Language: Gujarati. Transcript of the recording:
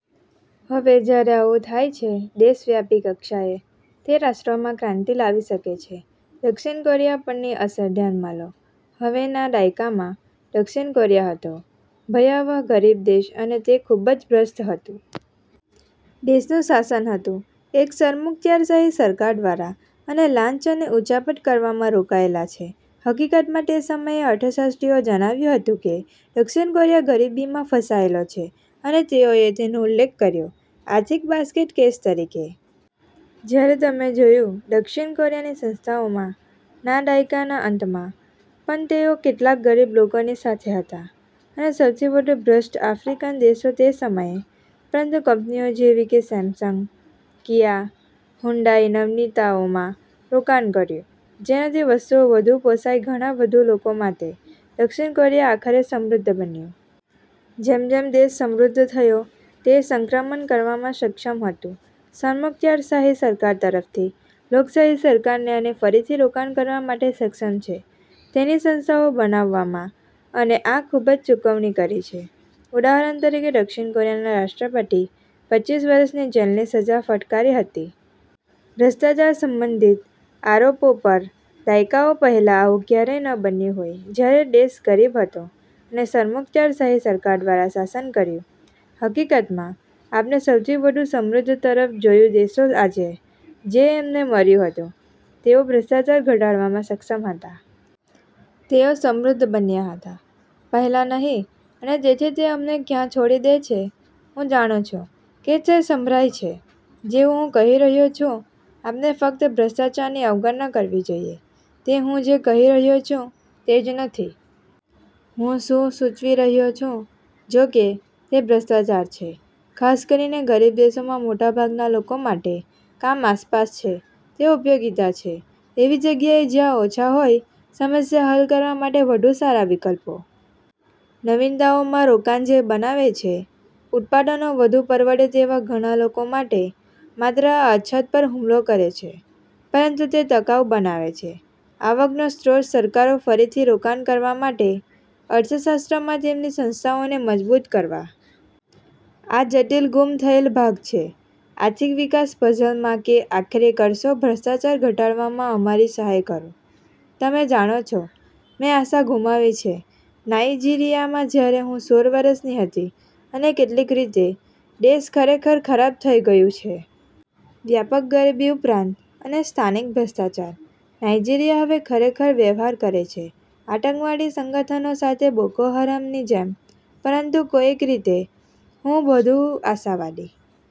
હવે જ્યારે આવું થાય છે દેશવ્યાપી કક્ષાએ, તે રાષ્ટ્રોમાં ક્રાંતિ લાવી શકે છે. દક્ષિણ કોરિયા પરની અસર ધ્યાનમાં લો. હવે ના દાયકામાં, દક્ષિણ કોરિયા હતો ભયાવહ ગરીબ દેશ અને તે ખૂબ જ ભ્રષ્ટ હતું. દેશનું શાસન હતું એક સરમુખત્યારશાહી સરકાર દ્વારા અને લાંચ અને ઉચાપત કરવામાં રોકાયેલા છે. હકીકતમાં તે સમયે અર્થશાસ્ત્રીઓ જણાવ્યું હતું કે દક્ષિણ કોરિયા ગરીબીમાં ફસાયેલો છે અને તેઓએ તેનો ઉલ્લેખ કર્યો "આર્થિક બાસ્કેટ કેસ" તરીકે. જ્યારે તમે જોયું દક્ષિણ કોરિયાની સંસ્થાઓમાં ના દાયકાના અંતમાં પણ તેઓ કેટલાક ગરીબ લોકોની સાથે હતા અને સૌથી વધુ ભ્રષ્ટ આફ્રિકન દેશો તે સમયે. પરંતુ કંપનીઓ જેવી કે સેમસંગ, કિયા, હ્યુન્ડાઇ નવીનતાઓમાં રોકાણ કર્યું, જેનાથી વસ્તુઓ વધુ પોસાય ઘણા વધુ લોકો માટે, દક્ષિણ કોરિયા આખરે સમૃદ્ધ બન્યું. જેમ જેમ દેશ સમૃદ્ધ થયો, તે સંક્રમણ કરવામાં સક્ષમ હતું સરમુખત્યારશાહી સરકાર તરફથી લોકશાહી સરકારને અને ફરીથી રોકાણ કરવા માટે સક્ષમ છે તેની સંસ્થાઓ બનાવવામાં અને આ ખૂબ જ ચૂકવણી કરી છે. ઉદાહરણ તરીકે દક્ષિણ કોરિયાના રાષ્ટ્રપતિ પચીસ વર્ષની જેલની સજા ફટકારી હતી. ભ્રષ્ટાચાર સંબંધિત આરોપો પર દાયકાઓ પહેલાં આવું ક્યારેય ન બન્યું હોય જ્યારે દેશ ગરીબ હતો અને સરમુખત્યારશાહી સરકાર દ્વારા શાસન કર્યું. હકીકતમાં, આપણે સૌથી વધુ સમૃદ્ધ તરફ જોયું દેશો આજે, જે અમને મળ્યું હતું, તેઓ ભ્રષ્ટાચાર ઘટાડવામાં સક્ષમ હતા. તેઓ સમૃદ્ધ બન્યા હતા પહેલાં નહીં અને તેથી તે અમને ક્યાં છોડી દે છે હું જાણું છું કે તે સંભળાય છે જેવું હું કહી રહ્યો છું .આપણે ફક્ત ભ્રષ્ટાચારની અવગણના કરવી જોઈએ. તે હું જે કહી રહ્યો છું તે જ નથી. હું શું સૂચવી રહ્યો છું, જોકે, તે ભ્રષ્ટાચાર છે, ખાસ કરીને ગરીબ દેશોમાં મોટાભાગના લોકો માટે, કામ આસપાસ છે. તે ઉપયોગિતા છે એવી જગ્યાએ જ્યાં ઓછા હોય સમસ્યા હલ કરવા માટે વધુ સારા વિકલ્પો. નવીનતાઓમાં રોકાણ જે બનાવે છે ઉત્પાદનો વધુ પરવડે તેવા ઘણા લોકો માટે માત્ર આ અછત પર હુમલો કરે છે પરંતુ તે ટકાઉ બનાવે છે. આવકનો સ્ત્રોત સરકારો ફરીથી રોકાણ કરવા માટે અર્થશાસ્ત્ર માં તેમની સંસ્થાઓને મજબૂત કરવા. આ જટિલ ગુમ થયેલ ભાગ છે આર્થિક વિકાસ પઝલ માં કે આખરે કરશે ભ્રષ્ટાચાર ઘટાડવામાં અમારી સહાય કરો. તમે જાણો છો, મેં આશા ગુમાવી છે નાઇજીરીયામાં જ્યારે હું સોળ વર્ષની હતી. અને કેટલીક રીતે, દેશ ખરેખર ખરાબ થઈ ગયું છે. વ્યાપક ગરીબી ઉપરાંત અને સ્થાનિક ભ્રષ્ટાચાર, નાઇજીરીયા હવે ખરેખર વ્યવહાર કરે છે આતંકવાદી સંગઠનો સાથે બોકો હરામની જેમ. પરંતુ કોઈક રીતે, હું વધુ આશાવાદી